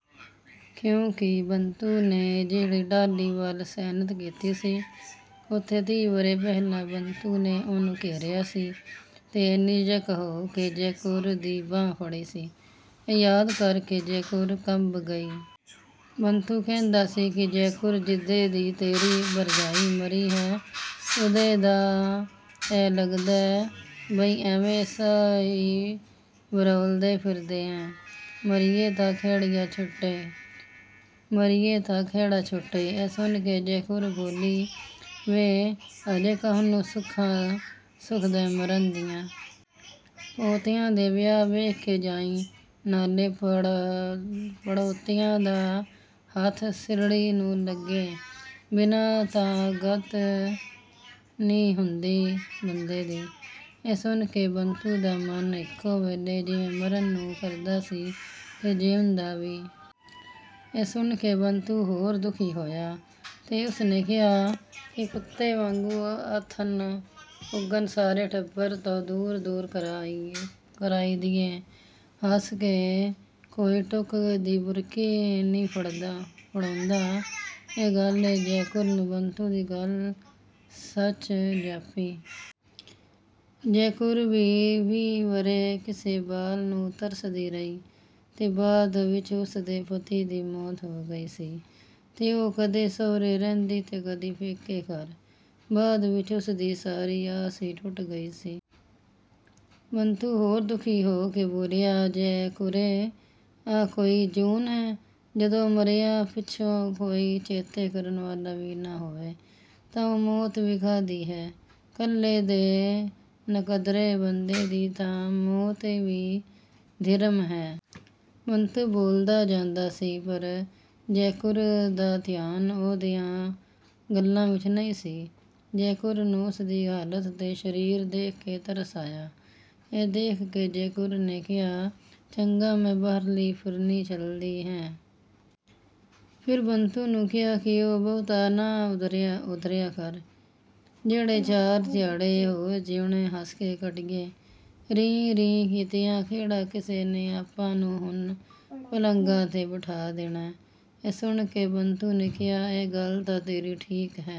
ਕਿੳਂਕਿ ਬੰਤੂ ਨੇ ਜਿਹੜੀ ਟਾਹਲੀ ਵੱਲ ਸੈਨਤ ਕੀਤੀ ਸੀ| ਉੱਥੇ ਤੀਹ ਵਰ੍ਹੇ ਪਹਿਲਾਂ ਬੰਤੂ ਨੇ ਉਹਨੂੰ ਘੇਰਿਆ ਸੀ ਤੇ ਨਿਝੱਕ ਹੋ ਕੇ ਜੈਕੁਰ ਦੀ ਬਾਂਹ ਫੜੀ ਸੀ। ਇਹ ਯਾਦ ਕਰਕੇ ਜੈਕੁਰ ਕੰਬ ਗਈ। ਬੰਤੂ ਕਹਿੰਦਾ ਸੀ ਕਿ, ਜੈਕੁਰ ਜਿੱਦੇ ਦੀ ਤੇਰੀ ਭਰਜਾਈ ਮਰੀ ਐ, ਉਦੇ ਦਾ ਐਂ ਲੱਗਦੈ ਬਈ ਐਵੇਂ ਸਾਹ ਈ ਵਰੋਲਦੇ ਫਿਰਦੇ ਐ... ਮਰੀਏ ਤਾਂ ਖਹਿੜਾ ਛੁੱਟੇ। ਇਹ ਸੁਣ ਕੇ ਜੈਕੁਰ ਬੋਲੀ ਵੇ ਅਜੇ ਕਾਹਨੂੰ ਸੁੱਖਾਂ ਸੁਖਦੈਂ ਮਰਨ ਦੀਆਂ। ਪੋਤਿਆਂ ਦੇ ਵਿਆਹ ਵੇਖ ਕੇ ਜਾਈਂ, ਨਾਲੇ ਪੜੋਤਿਆਂ ਦਾ ਹੱਥ ਸਿੜ੍ਹੀ ਨੂੰ ਲੱਗੇ ਬਿਨਾਂ ਤਾਂ ਗਤ ਨ੍ਹੀਂ ਹੁੰਦੀ ਬੰਦੇ ਦੀ। ਇਹ ਸੁਣ ਕੇ ਬੰਤੂ ਦਾ ਮਨ ਇੱਕੋ ਵੇਲੇ ਜਿਵੇਂ ਮਰਨ ਨੂੰ ਕਰਦਾ ਸੀ ਤੇ ਜੀਉਣ ਦਾ ਵੀ। ਇਹ ਸੁਣ ਕੇ ਬੰਤੂ ਹੋਰ ਦੁੱਖੀ ਹੋਇਆ ਤੇ ਉਸਨੇ ਕਿਹਾ ਕਿ ਕੁੱਤੇ ਆਂਗੂੰ ਆਥਣ ਉਗਣ ਸਾਰੇ ਟੱਬਰ ਤੋਂ ਦੂਰ-ਦੂਰ ਕਰਾਈਦੀਐ। ਹੱਸ ਕੇ ਕੋਈ ਟੁੱਕ ਦੀ ਬੁਰਕੀ ਨ੍ਹੀ ਫੜੌਂਦਾ। ਇਹ ਗੱਲ ਜੈਕੁਰ ਨੂੰ ਬੰਤੂ ਦੀ ਗੱਲ ਸੱਚ ਜਾਪੀ। ਜੈਕੁਰ ਵੀ ਵੀਹ ਵਰ੍ਹੇ ਕਿਸੇ ਬਾਲ ਨੂੰ ਤਰਸਦੀ ਰਹੀ ਤੇ ਬਾਅਦ ਵਿੱਚ ਉਸਦੇ ਪਤੀ ਦੀ ਮੌਤ ਹੋ ਗਈ ਸੀ ਤੇ ਉਹ ਕਦੇ ਸਹੁਰੇ ਰਹਿੰਦੀ ਤੇ ਕਦੀ ਪੇਕੇ ਘਰ। ਬਾਅਦ ਵਿੱਚ ਉਸਦੀ ਸਾਰੀ ਆਸ ਹੀ ਟੁੱਟ ਗਈ ਸੀ। ਬੰਤੂ ਹੋਰ ਦੁੱਖੀ ਹੋ ਕੇ ਬੋਲਿਆ, ਜੈਕੁਰੇ ਆਹ ਕੋਈ ਜੂਨ ਐ। ਜਦੋਂ ਮਰਿਆਂ ਪਿੱਛੋਂ ਕੋਈ ਚੇਤੇ ਕਰਨ ਵਾਲਾ ਵੀ ਨਾ ਹੋਵੇ, ਤਾਂ ਉਹ ਮੌਤ ਵੀ ਕਾਹਦੀ ਐ।... ਕੱਲੇ ਤੇ ਨਕਦਰੇ ਬੰਦੇ ਦੀ ਤਾਂ ਮੌਤ ਵੀ ਧਿਰਮ ਐ। ਬੰਤੂ ਬੋਲਦਾ ਜਾਂਦਾ ਸੀ, ਪਰ ਜੈਕੁਰ ਦਾ ਧਿਆਨ ਉਹਦੀਆਂ ਗੱਲਾਂ ਵਿੱਚ ਨਹੀਂ ਸੀ। ਜੈਕੁਰ ਨੂੰ ਉਸਦੀ ਹਾਲਤ ਤੇ ਸਰੀਰ ਦੇਖ ਕੇ ਤਰਸ ਆਇਆ। ਇਹ ਦੇਖ ਕੇ ਜੈਕੁਰ ਨੇ ਕਿਹਾ, ਚੰਗਾ ਮੈਂ ਬਾਹਰਲੀ ਫਿਰਨੀ ਚਲਦੀ ਐ। ਫਿਰ ਬੰਤੂ ਨੂੰ ਕਿਹਾ ਕਿ ਉਹ ਬਹੁਤਾ ਨਾ ਉਦਰਿਆ ਕਰੇ। ਜਿਹੜੇ ਚਾਰ ਦਿਹਾੜੇ ਹੋਰ ਜੀਉਣੇ ਹੱਸ ਕੇ ਕੱਟੀਏ, ਰੀਂ-ਰੀਂ ਕੀਤੀਆਂ ਕਿਹੜਾ ਕਿਸੇ ਨੇ ਆਪਾਂ ਨੂੰ ਹੁਣ ਪਲੰਘਾਂ ਤੇ ਬਠਾ ਦੇਣਾ। ਇਹ ਸੁਣ ਕੇ ਬੰਤੂ ਨੇ ਕਿਹਾ, ਇਹ ਗੱਲ ਤਾਂ ਤੇਰੀ ਠੀਕ ਐ।